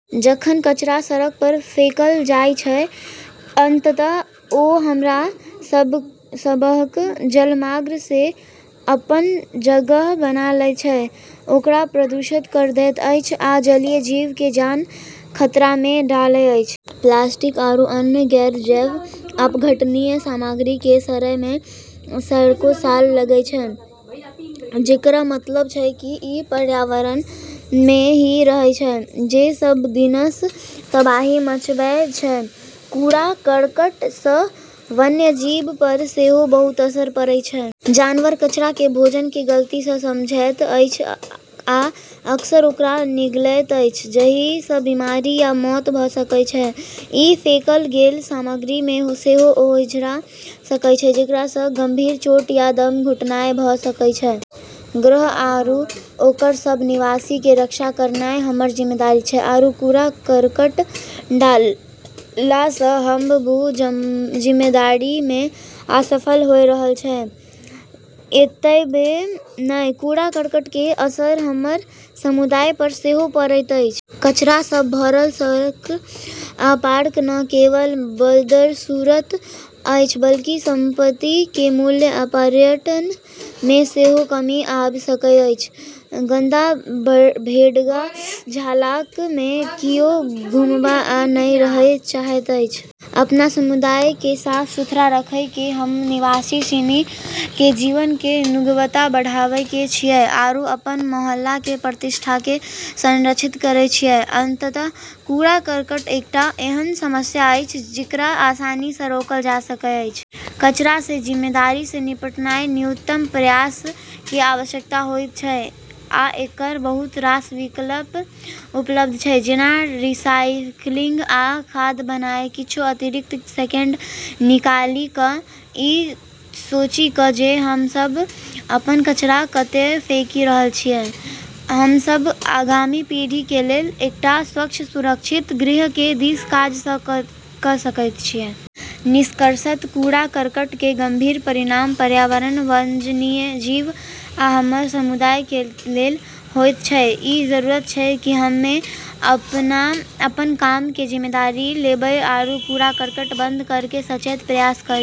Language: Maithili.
जखन कचरा सड़क पर फेंकल जाइत अछि तऽ अंततः ओ हमरा सबहक जलमार्ग मे अपन जगह बना लैत अछि, ओकरा प्रदूषित कऽ दैत अछि, आ जलीय जीव के जान कए खतरा मे डालैत अछि। प्लास्टिक आरू अन्य गैर-जैव अपघटनीय सामग्री क॑ सड़ै म॑ [सैकड़ों] साल लगै छै, जेकरऽ मतलब छै कि ई पर्यावरण म॑ ही रहै छै, जे सभ दिनसँ तबाही मचबै छै। कूड़ा-करकट सँ वन्यजीव पर सेहो बहुत असर पड़ैत अछि। जानवर कचरा के भोजन के गलती सँ समझैत अछि आ अक्सर ओकरा निगलैत अछि, जहि सँ बीमारी या मौत भऽ सकय छै। ई फेंकल गेल सामग्री मे सेहो ओझरा सकय छै, जेकरा सँ गंभीर चोट या दम घुटनाय भऽ सकय छै। ग्रह आरू ओकर सब निवासी के रक्षा करनाय हमर जिम्मेदारी छै, आरू कूड़ा-करकट डालला स॑ हम्मं॑ वू जिम्मेदारी म॑ असफल होय रहलऽ छियै। एतबे नहि, कूड़ा-करकट के असर हमर समुदाय पर सेहो पड़ैत अछि। कचरा सँ भरल सड़क आ पार्क न केवल बदसूरत अछि बल्कि संपत्ति के मूल्य आ पर्यटन मे सेहो कमी आबि सकैत अछि। गंदा, बेढंगा इलाका मे कियो घुमब आ नहि रहय चाहैत अछि। अपन समुदाय क॑ साफ-सुथरा रखी क॑ हम्मं॑ निवासी सिनी के जीवन के गुणवत्ता बढ़ाबै छियै, आरू अपन मोहल्ला के प्रतिष्ठाकें संरक्षित करै छियै। अंततः कूड़ा-करकट एकटा एहन समस्या अछि जकरा आसानी सँ रोकल जा सकैत अछि। कचरा के जिम्मेदारी सँ निपटान मे न्यूनतम प्रयास के आवश्यकता होयत छै, आ एकर बहुत रास विकल्प उपलब्ध छै, जेना रिसाइकिलिंग आ खाद बनानाय। किछु अतिरिक्त सेकेंड निकालि क' ई सोचि क' जे हम सभ अपन कचरा कतय फेकि रहल छी, हम सभ आगामी पीढ़ी के लेल एकटा स्वच्छ, सुरक्षित ग्रह के दिस काज क' सकैत छी। निष्कर्षतः, कूड़ा-करकट के गंभीर परिणाम पर्यावरण, वन्यजीव आ हमर समुदाय के लेल होयत छै। ई जरूरी छै कि हम्में अपन काम के जिम्मेदारी लेबै आरू कूड़ा-करकट बंद करै के सचेत प्रयास करी।